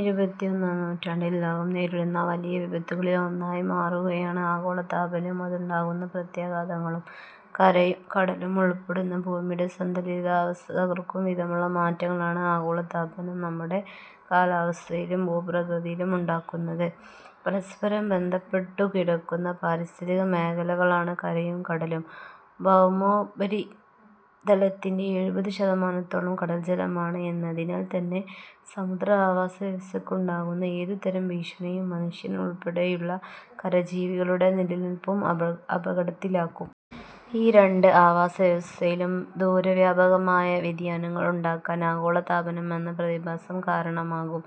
ഇരുപത്തിയൊന്നാം നൂറ്റാണ്ടിൽ ലോകം നേരിടുന്ന വലിയ വിപത്തുകളിൽ ഒന്നായി മാറുകയാണ് ആഗോളതാപനവും അതുണ്ടാക്കുന്ന പ്രത്യാഘാതങ്ങളും. കരയും കടലും ഉൾപ്പെടുന്ന ഭൂമിയുടെ സന്തുലിതാവസ്ഥ തകർക്കുംവിധമുള്ള മാറ്റങ്ങളാണ് ആഗോളതാപനം നമ്മുടെ കാലാവസ്ഥയിലും ഭൂപ്രകൃതിയിലും ഉണ്ടാക്കുന്നത്. പരസ്പരം ബന്ധപ്പെട്ടുകിടക്കുന്ന പാരിസ്ഥിതിക മേഖലകളാണ് കരയും കടലും. ഭൗമോപരിതലത്തിന്റെ എഴുപത് ശതമാനത്തോളം കടൽജലമാണ് എന്നതിനാൽ തന്നെ സമുദ്ര ആവാസവ്യവസ്ഥയ്ക്കുണ്ടാകുന്ന ഏതുതരം ഭീഷണിയും മനുഷ്യൻ ഉൾപ്പെടെയുള്ള കരജീവികളുടെ നിലനിൽപ്പും അപകടത്തിലാക്കും. ഈ രണ്ട് ആവാസവ്യവസ്ഥയിലും ദൂരവ്യാപകമായ വ്യതിയാനങ്ങളുണ്ടാക്കാൻ ആഗോളതാപനമെന്ന പ്രതിഭാസം കാരണമാകും.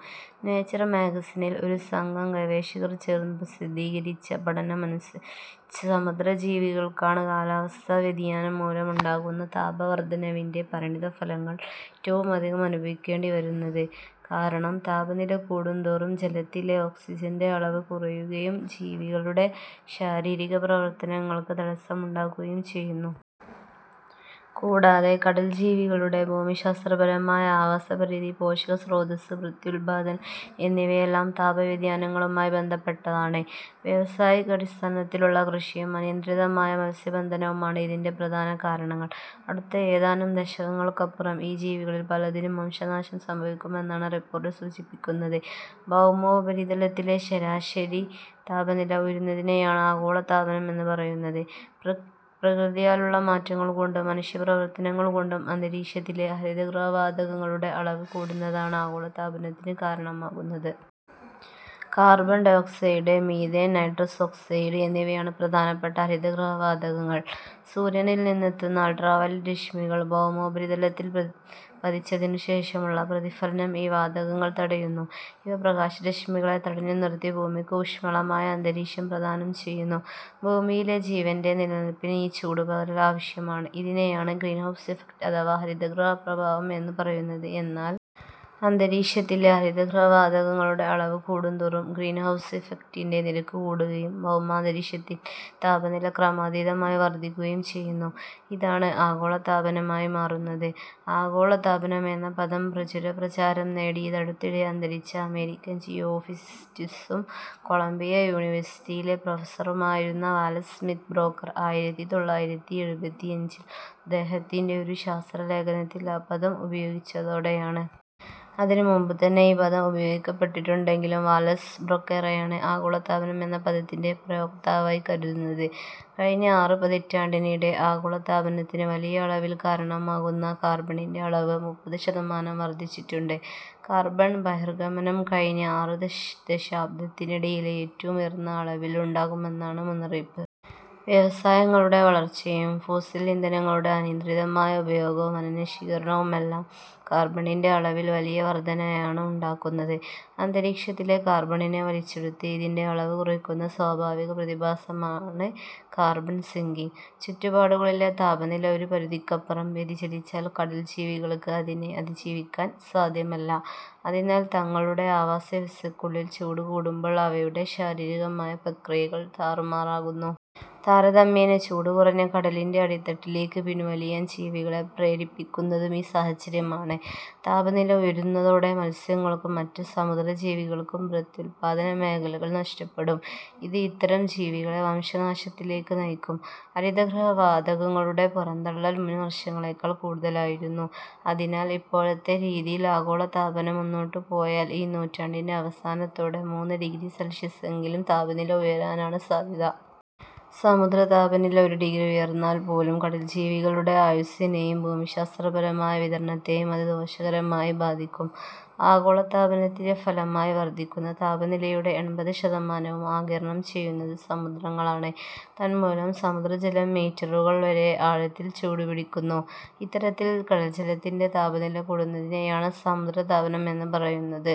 നേച്വർ മാഗസിനിൽ ഒരു സംഘം ഗവേഷകർ ചേർന്ന് പ്രസിദ്ധീകരിച്ച പഠനമനുസരിച്ച് സമുദ്രജീവികൾക്കാണ് കാലാവസ്ഥാവ്യതിയാനം മൂലമുണ്ടാകുന്ന താപവർധനവിന്റെ പരിണതഫലങ്ങൾ ഏറ്റവുമധികം അനുഭവിക്കേണ്ടിവരുന്നത്. കാരണം താപനില കൂടുന്തോറും ജലത്തിലെ ഓക്സിജന്റെ അളവ് കുറയുകയും ജീവികളുടെ ശാരീരിക പ്രവർത്തനങ്ങൾക്ക് തടസ്സമുണ്ടാകുകയും ചെയ്യുന്നു. കൂടാതെ കടൽജീവികളുടെ ഭൂമിശാസ്ത്രപരമായ ആവാസപരിധി പോഷകസ്രോതസ്സ് പ്രത്യുത്പാദനം എന്നിവയെല്ലാം താപവ്യതിയാനങ്ങളുമായി ബന്ധപ്പെട്ടതാണ്. വ്യാവസായികാടിസ്ഥാനത്തിലുള്ള കൃഷിയും അനിയന്ത്രിതമായ മത്സ്യബന്ധനവുമാണ് ഇതിന്റെ പ്രധാന കാരണങ്ങൾ. അടുത്ത ഏതാനും ദശകങ്ങൾക്കപ്പുറം ഈ ജീവികളിൽ പലതിനും വംശനാശം സംഭവിക്കുമെന്നാണ് റിപ്പോർട്ട് സൂചിപ്പിക്കുന്നത്. ഭൗമോപരിതലത്തിലെ ശരാശരി താപനില ഉയരുന്നതിനെയാണ് ആഗോളതാപനം എന്ന് പറയുന്നത്. പ്രകൃത്യാലുള്ള മാറ്റങ്ങൾ കൊണ്ടും മനുഷ്യപ്രവർത്തനങ്ങൾ കൊണ്ടും അന്തരീക്ഷത്തിലെ ഹരിതഗൃഹവാതകങ്ങളുടെ അളവ് കൂടുന്നതാണ് ആഗോളതാപനത്തിന് കാരണമാകുന്നത്. Carbon dioxide methane nitrous oxide എന്നിവയാണ് പ്രധാനപ്പെട്ട ഹരിതഗൃഹവാതകങ്ങൾ. സൂര്യനിൽ നിന്നെത്തുന്ന അൾട്രാവയലറ്റ് രശ്മികൾ ഭൗമോപരിതലത്തിൽപതി പതിച്ചതിനുശേഷമുള്ള പ്രതിഫലനം ഈ വാതകങ്ങൾ തടയുന്നു. ഇവ പ്രകാശരശ്മികളെ തടഞ്ഞുനിർത്തി ഭൂമിക്ക് ഊഷ്മളമായ അന്തരീക്ഷം പ്രദാനം ചെയ്യുന്നു. ഭൂമിയിലെ ജീവന്റെ നിലനിൽപ്പിന് ഈ ചൂടുപകരൽ ആവശ്യമാണ്. ഇതിനെയാണ് ഗ്രീൻഹൗസ് ഇഫക്ട് അഥവാ ഹരിതഗൃഹപ്രഭാവം എന്ന് പറയുന്നത്. എന്നാൽ അന്തരീക്ഷത്തിലെ ഹരിതഗൃഹവാതകങ്ങളുടെ അളവ് കൂടുന്തോറും ഗ്രീൻഹൗസ് ഇഫക്ടിന്റെ നിരക്ക് കൂടുകയും ഭൗമാന്തരീക്ഷത്തിന്റെ താപനില ക്രമാതീതമായി വർധിക്കുകയും ചെയ്യുന്നു. ഇതാണ് ആഗോളതാപനമായി മാറുന്നത്. ആഗോളതാപനം എന്ന പദം പ്രചുരപ്രചാരം നേടിയത് അടുത്തിടെ അന്തരിച്ച അമേരിക്കൻ ജിയോഫിസിസിസ്റ്റും കൊളംബിയ യൂണിവേഴ്സിറ്റിയിലെ പ്രൊഫസറുമായിരുന്ന വാലസ് സ്മിത്ത് ബ്രോക്കർ ആയിരത്തി തൊള്ളായിരത്തി എഴുപത്തിയഞ്ചിൽ അദ്ദേഹത്തിന്റെ ഒരു ശാസ്ത്രലേഖനത്തിൽ ആ പദം ഉപയോഗിച്ചതോടെയാണ്. അതിന് മുമ്പുതന്നെ ഈ പദം ഉപയോഗിക്കപ്പെട്ടിട്ടുണ്ടെങ്കിലും വാലസ് ബ്രോക്കറെയാണ് ആഗോളതാപനം എന്ന പദത്തിന്റെ പ്രയോക്താവായി കരുതുന്നത്. കഴിഞ്ഞ ആറ് പതിറ്റാണ്ടിനിടെ ആഗോളതാപനത്തിന് വലിയ അളവിൽ കാരണമാകുന്ന കാർബണിന്റെ അളവ് മുപ്പത് ശതമാനം വർധിച്ചിട്ടുണ്ട്. കാർബൺ ബഹിർഗമനം കഴിഞ്ഞ ആറ്ദശ് ദശാബ്ദത്തിനിടയിലെ ഏറ്റവും ഉയർന്ന അളവിൽ ഉണ്ടാകുമെന്നാണ് മുന്നറിയിപ്പ്. വ്യവസായങ്ങളുടെ വളർച്ചയും ഫോസിൽ ഇന്ധനങ്ങളുടെ അനിയന്ത്രിതമായ ഉപയോഗവും വനനശീകരണവുമെല്ലാം കാർബണിന്റെ അളവിൽ വലിയ വർധനയാണ് ഉണ്ടാക്കുന്നത്. അന്തരീക്ഷത്തിലെ കാർബണിനെ വലിച്ചെടുത്ത് ഇതിന്റെ അളവ് കുറയ്ക്കുന്ന സ്വാഭാവിക പ്രതിഭാസമാണ് കാർബൺ സിങ്കിങ്. ചുറ്റുപാടുകളിലെ താപനില ഒരു പരിധിക്കപ്പുറം വ്യതിചലിച്ചാൽ കടൽജീവികൾക്ക് അതിനെ അതിജീവിക്കാൻ സാധ്യമല്ല. അതിനാൽ തങ്ങളുടെ ആവാസവ്യവസ്ഥയ്ക്കുള്ളിൽ ചൂട് കൂടുമ്പോൾ അവയുടെ ശാരീരികമായ പ്രക്രിയകൾ താറുമാറാകുന്നു. താരതമ്യേന ചൂട് കുറഞ്ഞ കടലിന്റെ അടിത്തട്ടിലേക്ക് പിൻവലിയാൻ ജീവികളെ പ്രേരിപ്പിക്കുന്നതും ഈ സാഹചര്യമാണ്. താപനില ഉയരുന്നതോടെ മത്സ്യങ്ങൾക്കും മറ്റ് സമുദ്രജീവികൾക്കും പ്രത്യുത്പാദനമേഖലകൾ നഷ്ടപ്പെടും. ഇത് ഇത്തരം ജീവികളെ വംശനാശത്തിലേക്ക് നയിക്കും. ഹരിതഗൃഹവാതകങ്ങളുടെ പുറന്തള്ളൽ മുൻ വർഷങ്ങളെക്കാൾ കൂടുതലായിരുന്നു. അതിനാൽ ഇപ്പോഴത്തെ രീതിയിൽ ആഗോളതാപനം മുന്നോട്ടുപോയാൽ ഈ നൂറ്റാണ്ടിന്റെ അവസാനത്തോടെ മൂന്ന് ഡിഗ്രി സെൽഷ്യസെങ്കിലും താപനില ഉയരാനാണ് സാധ്യത. സമുദ്രതാപനില ഒരു ഡിഗ്രി ഉയർന്നാൽ പോലും കടൽജീവികളുടെ ആയുസ്സിനെയും ഭൂമിശാസ്ത്രപരമായ വിതരണത്തെയും അത് ദോഷകരമായി ബാധിക്കും. ആഗോളതാപനത്തിന്റെ ഫലമായി വർധിക്കുന്ന താപനിലയുടെ എൺപത് ശതമാനവും ആഗിരണം ചെയ്യുന്നത് സമുദ്രങ്ങളാണ്. തന്മൂലം സമുദ്രജലം മീറ്ററുകൾ വരെ ആഴത്തിൽ ചൂടുപിടിക്കുന്നു. ഇത്തരത്തിൽ കടൽജലത്തിന്റെ താപനില കൂടുന്നതിനെയാണ് സമുദ്രതാപനം എന്ന് പറയുന്നത്.